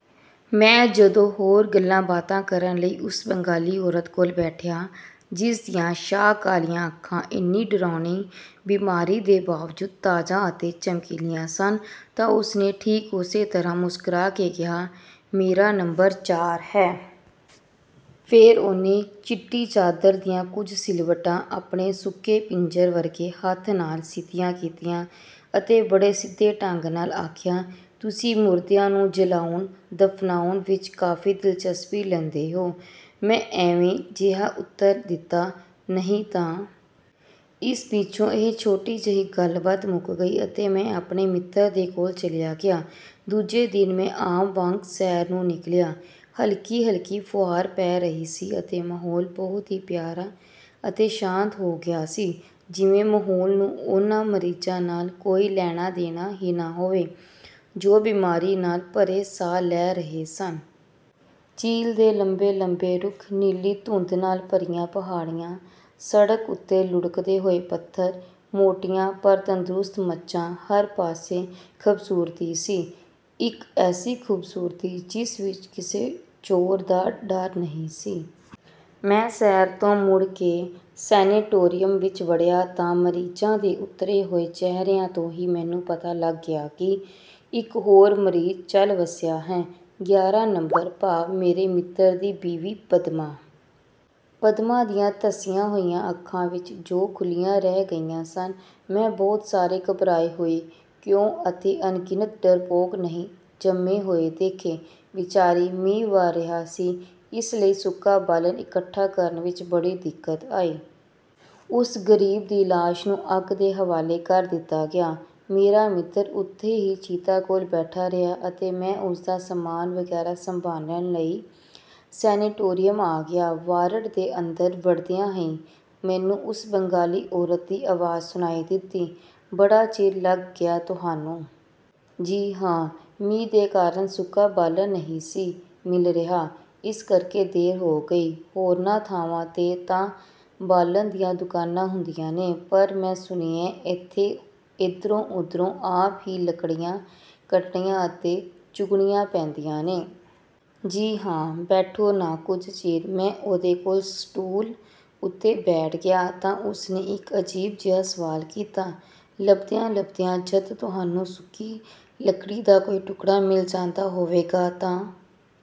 ਮੈਂ ਜਦੋਂ ਹੋਰ ਗੱਲਾਂ-ਬਾਤਾਂ ਕਰਨ ਲਈ ਉਸ ਬੰਗਾਲੀ ਔਰਤ ਕੋਲ ਬੈਠਿਆ, ਜਿਸ ਦੀਆਂ ਸ਼ਾਹ-ਕਾਲੀਆਂ ਅੱਖਾਂ, ਇੰਨੀ ਡਰਾਉਣੀ ਬੀਮਾਰੀ ਦੇ ਬਾਵਜੂਦ ਤਾਜ਼ਾ ਅਤੇ ਚਮਕੀਲੀਆਂ ਸਨ, ਤਾਂ ਉਸਨੇ ਠੀਕ ਉਸੇ ਤਰ੍ਹਾਂ ਮੁਸਕਰਾ ਕੇ ਕਿਹਾ, “ਮੇਰਾ ਨੰਬਰ ਚਾਰ ਹੈ।” ਫੇਰ ਉਹਨੇ ਚਿੱਟੀ ਚਾਦਰ ਦੀਆਂ ਕੁਝ ਸਿਲਵਟਾਂ ਆਪਣੇ ਸੁੱਕੇ ਪਿੰਜਰ ਵਰਗੇ ਹੱਥ ਨਾਲ ਸਿੱਧੀਆਂ ਕੀਤੀਆਂ ਅਤੇ ਬੜੇ ਸਿੱਧੇ ਢੰਗ ਨਾਲ ਆਖਿਆ, “ਤੁਸੀਂ ਮੁਰਦਿਆਂ ਨੂੰ ਜਲਾਉਣ-ਦਫ਼ਨਾਉਣ ਵਿੱਚ ਕਾਫ਼ੀ ਦਿਲਚਸਪੀ ਲੈਂਦੇ ਹੋ।” ਮੈਂ ਐਵੇਂ-ਜਿਹਾ ਉੱਤਰ ਦਿੱਤਾ, “ਨਹੀਂ ਤਾਂ।” ਇਸ ਪਿੱਛੋਂ ਇਹ ਛੋਟੀ ਜਿਹੀ ਗੱਲ-ਬਾਤ ਮੁੱਕ ਗਈ ਅਤੇ ਮੈਂ ਆਪਣੇ ਮਿੱਤਰ ਦੇ ਕੋਲ ਚਲਿਆ ਗਿਆ। ਦੂਜੇ ਦਿਨ ਮੈਂ ਆਮ ਵਾਂਗ ਸੈਰ ਨੂੰ ਨਿਕਲਿਆ। ਹਲਕੀ-ਹਲਕੀ ਫ਼ੁਹਾਰ ਪੈ ਰਹੀ ਸੀ ਅਤੇ ਮਾਹੌਲ ਬਹੁਤ ਹੀ ਪਿਆਰਾ ਅਤੇ ਸ਼ਾਂਤ ਹੋ ਗਿਆ ਸੀ, ਜਿਵੇਂ ਮਾਹੌਲ ਨੂੰ ਉਹਨਾਂ ਮਰੀਜ਼ਾਂ ਨਾਲ ਕੋਈ ਲੈਣਾ-ਦੇਣਾ ਹੀ ਨਾ ਹੋਵੇ, ਜੋ ਬੀਮਾਰੀ ਨਾਲ ਭਰੇ ਸਾਹ ਲੈ ਰਹੇ ਸਨ। ਚੀਲ੍ਹ ਦੇ ਲੰਬੇ-ਲੰਬੇ ਰੁੱਖ, ਨੀਲੀ ਧੁੰਦ ਨਾਲ ਭਰੀਆਂ ਪਹਾੜੀਆਂ, ਸੜਕ ਉੱਤੇ ਲੁੜਕਦੇ ਹੋਏ ਪੱਥਰ, ਮੋਟੀਆਂ ਪਰ ਤੰਦਰੁਸਤ ਮੱਝਾਂ, ਹਰ ਪਾਸੇ ਖ਼ੂਬਸੂਰਤੀ ਸੀ। ਇੱਕ ਐਸੀ ਖ਼ੂਬਸੂਰਤੀ, ਜਿਸ ਵਿੱਚ ਕਿਸੇ ਚੋਰ ਦਾ ਡਰ ਨਹੀਂ ਸੀ। ਮੈਂ ਸੈਰ ਤੋਂ ਮੁੜ ਕੇ ਸੈਨੇਟੋਰੀਅਮ ਵਿੱਚ ਵੜਿਆ ਤਾਂ ਮਰੀਜ਼ਾਂ ਦੇ ਉੱਤਰੇ ਹੋਏ ਚਿਹਰਿਆਂ ਤੋਂ ਹੀ ਮੈਨੂੰ ਪਤਾ ਲੱਗ ਗਿਆ ਕਿ ਇੱਕ ਹੋਰ ਮਰੀਜ਼ ਚੱਲ ਵੱਸਿਆ ਹੈ। ਗਿਆਰਾਂ ਨੰਬਰ, ਭਾਵ ਮੇਰੇ ਮਿੱਤਰ ਦੀ ਬੀਵੀ ਪਦਮਾ। ਪਦਮਾ ਦੀਆਂ ਧਸੀਆਂ ਹੋਈਆਂ ਅੱਖਾਂ ਵਿੱਚ, ਜੋ ਖੁੱਲ੍ਹੀਆਂ ਰਹਿ ਗਈਆਂ ਸਨ, ਮੈਂ ਬਹੁਤ ਸਾਰੇ ਘਬਰਾਏ ਹੋਏ ‘ਕਿਉਂ’ ਅਤੇ ਅਣਗਿਣਤ ਡਰਪੋਕ ‘ਨਹੀਂ’ ਜੰਮੇ ਹੋਏ ਦੇਖੇ। ਵਿਚਾਰੀ! ਮੀਂਹ ਵਰ੍ਹ ਰਿਹਾ ਸੀ, ਇਸ ਲਈ ਸੁੱਕਾ ਬਾਲਣ ਇਕੱਠਾ ਕਰਨ ਵਿੱਚ ਬੜੀ ਦਿੱਕਤ ਆਈ। ਉਸ ਗਰੀਬ ਦੀ ਲਾਸ਼ ਨੂੰ ਅੱਗ ਦੇ ਹਵਾਲੇ ਕਰ ਦਿੱਤਾ ਗਿਆ। ਮੇਰਾ ਮਿੱਤਰ ਓਥੇ ਹੀ ਚਿਤਾ ਕੋਲ ਬੈਠਾ ਰਿਹਾ ਅਤੇ ਮੈਂ ਉਸਦਾ ਸਾਮਾਨ ਵਗੈਰਾ ਸੰਭਾਲਣ ਲਈ ਸੈਨੇਟੋਰੀਅਮ ਆ ਗਿਆ। ਵਾਰਡ ਦੇ ਅੰਦਰ ਵੜਦਿਆਂ ਹੀ ਮੈਨੂੰ ਉਸ ਬੰਗਾਲੀ ਔਰਤ ਦੀ ਆਵਾਜ਼ ਸੁਣਾਈ ਦਿੱਤੀ, “ਬੜਾ ਚਿਰ ਲੱਗ ਗਿਆ ਤੁਹਾਨੂੰ।” “ਜੀ ਹਾਂ। ਮੀਂਹ ਦੇ ਕਾਰਨ ਸੁੱਕਾ ਬਾਲਣ ਨਹੀਂ ਸੀ ਮਿਲ ਰਿਹਾ, ਇਸ ਕਰਕੇ ਦੇਰ ਹੋ ਗਈ।” “ਹੋਰਨਾਂ ਥਾਵਾਂ ’ਤੇ ਤਾਂ ਬਾਲਣ ਦੀਆਂ ਦੁਕਾਨਾਂ ਹੁੰਦੀਆਂ ਨੇ, ਪਰ ਮੈਂ ਸੁਣਿਐਂ ਏਥੇ ਏਧਰੋਂ-ਓਧਰੋਂ ਆਪ ਹੀ ਲੱਕੜੀਆਂ ਕੱਟਣੀਆਂ ਅਤੇ ਚੁਗਣੀਆਂ ਪੈਂਦੀਆਂ ਨੇ।” “ਜੀ ਹਾਂ।” “ਬੈਠੋ ਨਾ, ਕੁਝ ਚਿਰ।” ਮੈਂ ਉਹਦੇ ਕੋਲ ਸਟੂਲ ਉੱਤੇ ਬੈਠ ਗਿਆ ਤਾਂ ਉਸਨੇ ਇੱਕ ਅਜੀਬ ਜਿਹਾ ਸਵਾਲ ਕੀਤਾ, “ਲੱਭਦਿਆਂ-ਲੱਭਦਿਆਂ ਜਦ ਤੁਹਾਨੂੰ ਸੁੱਕੀ ਲੱਕੜੀ ਦਾ ਕੋਈ ਟੁਕੜਾ ਮਿਲ ਜਾਂਦਾ ਹੋਵੇਗਾ ਤਾਂ